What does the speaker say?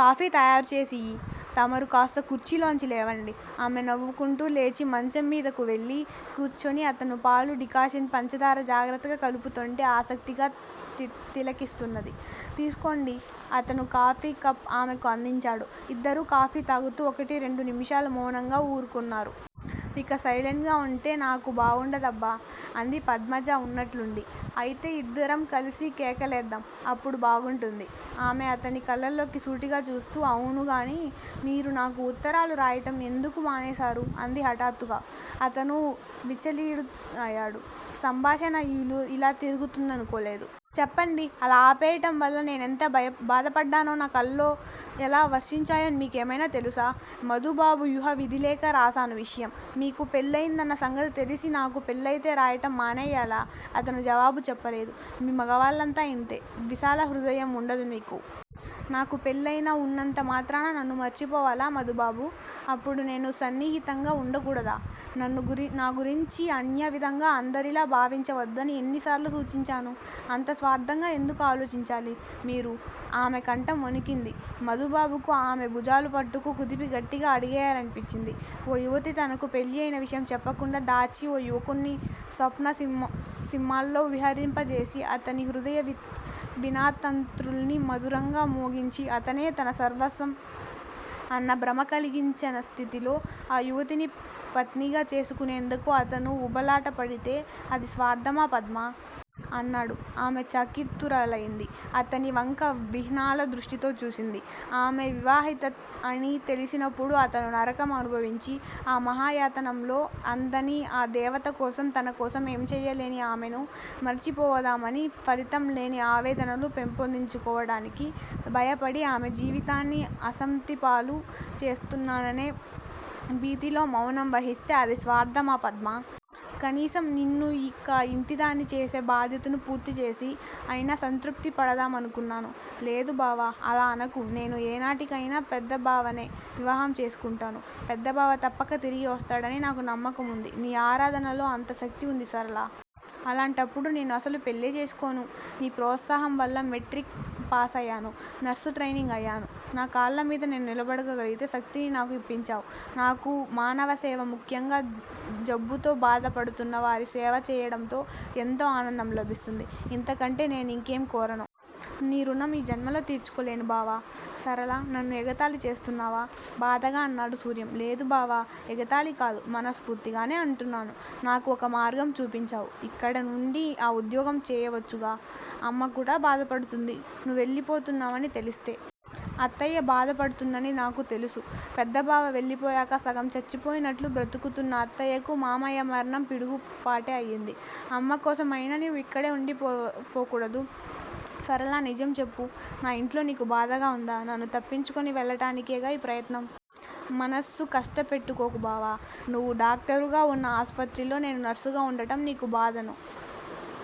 Coffee తయారుచేసి ఇయ్యి. తమరు కాస్త కుర్చీలోంచి లేవండి. ఆమె నవ్వుకుంటూ లేచి మంచంమీదకు వెళ్లి కూర్చుని అతను పాలూ డికాషన్ పంచదార జాగ్రత్తగా కలుపుతోంటే ఆసక్తిగా తిలకిస్తున్నది. తీసుకోండి. అతను కాఫీకప్ ఆమెకు అందించాడు. ఇద్దరూ కాఫీ తాగుతూ ఒకటిరెండు నిముషాలు మౌనంగా ఊరుకున్నారు. ఇలా సైలెంట్ గా వుంటే నాకు బావుండదబ్బా అంది పద్మజ వున్నట్లుండి. అయితే యిద్దరం కలిసి కేకలేద్దాం. అప్పుడు బాగుంటుంది. ఆమె అతని కళ్ళలోకి సూటిగా చూస్తూ అవునుగాని మీరు నాకు ఉత్తరాలు రాయటం ఎందుకు మానేశారు అంది హఠాత్తుగా. అతను విచలీయు అయ్యాడు. సంభాషణ యిలు యిలా తిరుగుతుందనుకోలేదు. చెప్పండి అలా ఆపేయటం వల్ల నేనెంత భా బాధపడ్డానో నా కళ్లో ఎలా వర్షించాయో మీకేమైనా తెలుసా? మధుబాబు యిహ విధిలేక రాశాను విషయం. మీకు పెళ్ళయిందన్న సంగతి తెలిసి నాకు పెళ్ళయితే రాయటం మానెయ్యాలా? అతను జవాబు చెప్పలేదు. మీ మొగవాళ్ళంతా యింతే. విశాలహృదయం వుండదు మీకు. నాకు పెళ్ళయిన వున్నంతమాత్రాన నన్ను మరిచిపోవాలా మధుబాబూ! అప్పుడు నేను సన్నిహితంగా వుండకూడదా? నన్నుగురి నా గురించి అన్యవిధంగా అందరిలా భావించవద్దని యెన్నిసార్లు సూచించాను? అంత స్వార్థంగా ఎందుకు ఆలోచించాలి మీరు? ఆమెకంఠం ఒణికింది. మధుబాబుకు ఆమెభుజాలు పట్టుకు కుదిపి గట్టిగా అడిగేయాలనిపించింది. ఓ యువతి తనకు పెళ్లి అయిన విషయం చెప్పకుండా దాచి ఓ యువకుడ్ని స్వప్నసీసీమల్లో విహరింపజేసి అతని హృదయవీణాతంత్రుల్ని మధురంగా మోగించి అతనే తన సర్వస్వం అన్నభ్రమ కలిగించినస్థితిలో ఆ యువతిని పత్నిగా చేసుకునేందుకు అతను ఉబలాటపడితే అది స్వార్థమా పద్మా? అన్నాడు. ఆమె చకీత్తురాలైంది. అతనివంక విహ్నాలదృష్టితో చూసింది. ఆమె వివాహిత అని తెలిసినప్పుడు అతను నరకం అనుభవించి ఆ మహాయాతనలో అందని ఆ దేవతకోసం తనకోసం ఏంచెయ్యలేని ఆమెను మరిచిపోదామని ఫలితం లేని ఆవేదనలు పెంపొందించుకోవడానికి భయపడి ఆమె జీవితాన్ని అశాంతిపాలు చేస్తున్నాననే భీతిలో మౌనం వహిస్తే అది స్వార్థమా పద్మా? కనీసం నిన్ను ఇక ఇంటిదాన్ని చేసే బాధ్యతను పూర్తిచేసి అయినా సంతృప్తి పడదామనుకున్నాను. లేదు బావా? అలా అనకు. నేను ఏనాటికయినా పెద్ద బావనే వివాహం చేసుకుంటాను. పెద్ద బావ తప్పక తిరిగి వస్తాడని నాకు నమ్మకముంది. నీ ఆరాధనలో అంత శక్తీ వుంది సరళా! అలాంటప్పుడు నేను అసలు పెళ్లే చేసుకోను. నీ ప్రోత్సాహం వల్ల మెట్రిక్ పాసయ్యాను. నర్సు ట్రైనింగ్ అయ్యాను. నా కాళ్ళమీద నేను నిలబడగలిగే శక్తిని నాకు ఇప్పించావు. నాకు మానవసేవ ముఖ్యంగా జబ్బుతో బాధ పడుతున్నవారి సేవ చేయడంతో ఎంతో ఆనందం లభిస్తుంది. ఇంతకంటే నేనింకేం కోరను. నీ రుణం ఈ జన్మలో తీర్చుకోలేను బావా! సరళా! నన్ను ఎగతాళి చేస్తున్నావా? బాధగా అన్నాడు సూర్యం. లేదు బావా! ఎగతాళి కాదు. మనస్పూర్తిగానే అంటున్నాను. నాకు ఒక మార్గం చూపించావు. ఇక్కడ నుండి ఆ ఉద్యోగం చేయవచ్చుగా? అమ్మకూడా బాధ పడుతుంది నువ్వెళ్ళిపోతున్నావని తెలిస్తే. అత్తయ్య బాధపడుతుందని నాకు తెలుసు. పెద్ద బావ వెళ్ళిపోయాక సగం చచ్చిపోయినట్లు బ్రతుకుతున్న అత్తయ్యకు మామయ్య మరణం పిడుగుపాటే అయింది. అమ్మకోసం అయినా నీవు ఇక్కడ ఉండిపోపోకూడదూ? సరళా! నిజం చెప్పు నా ఇంట్లో నీకు బాధగా ఉందా? నన్ను తప్పించుకొని వెళ్ళటానికేగా ఈ ప్రయత్నం? మనస్సు కష్టపెట్టుకోకు బావా! నువ్వు డాక్టరుగా వున్న ఆసుపత్రిలో నేను నర్సుగా ఉండటం నీకు బాధను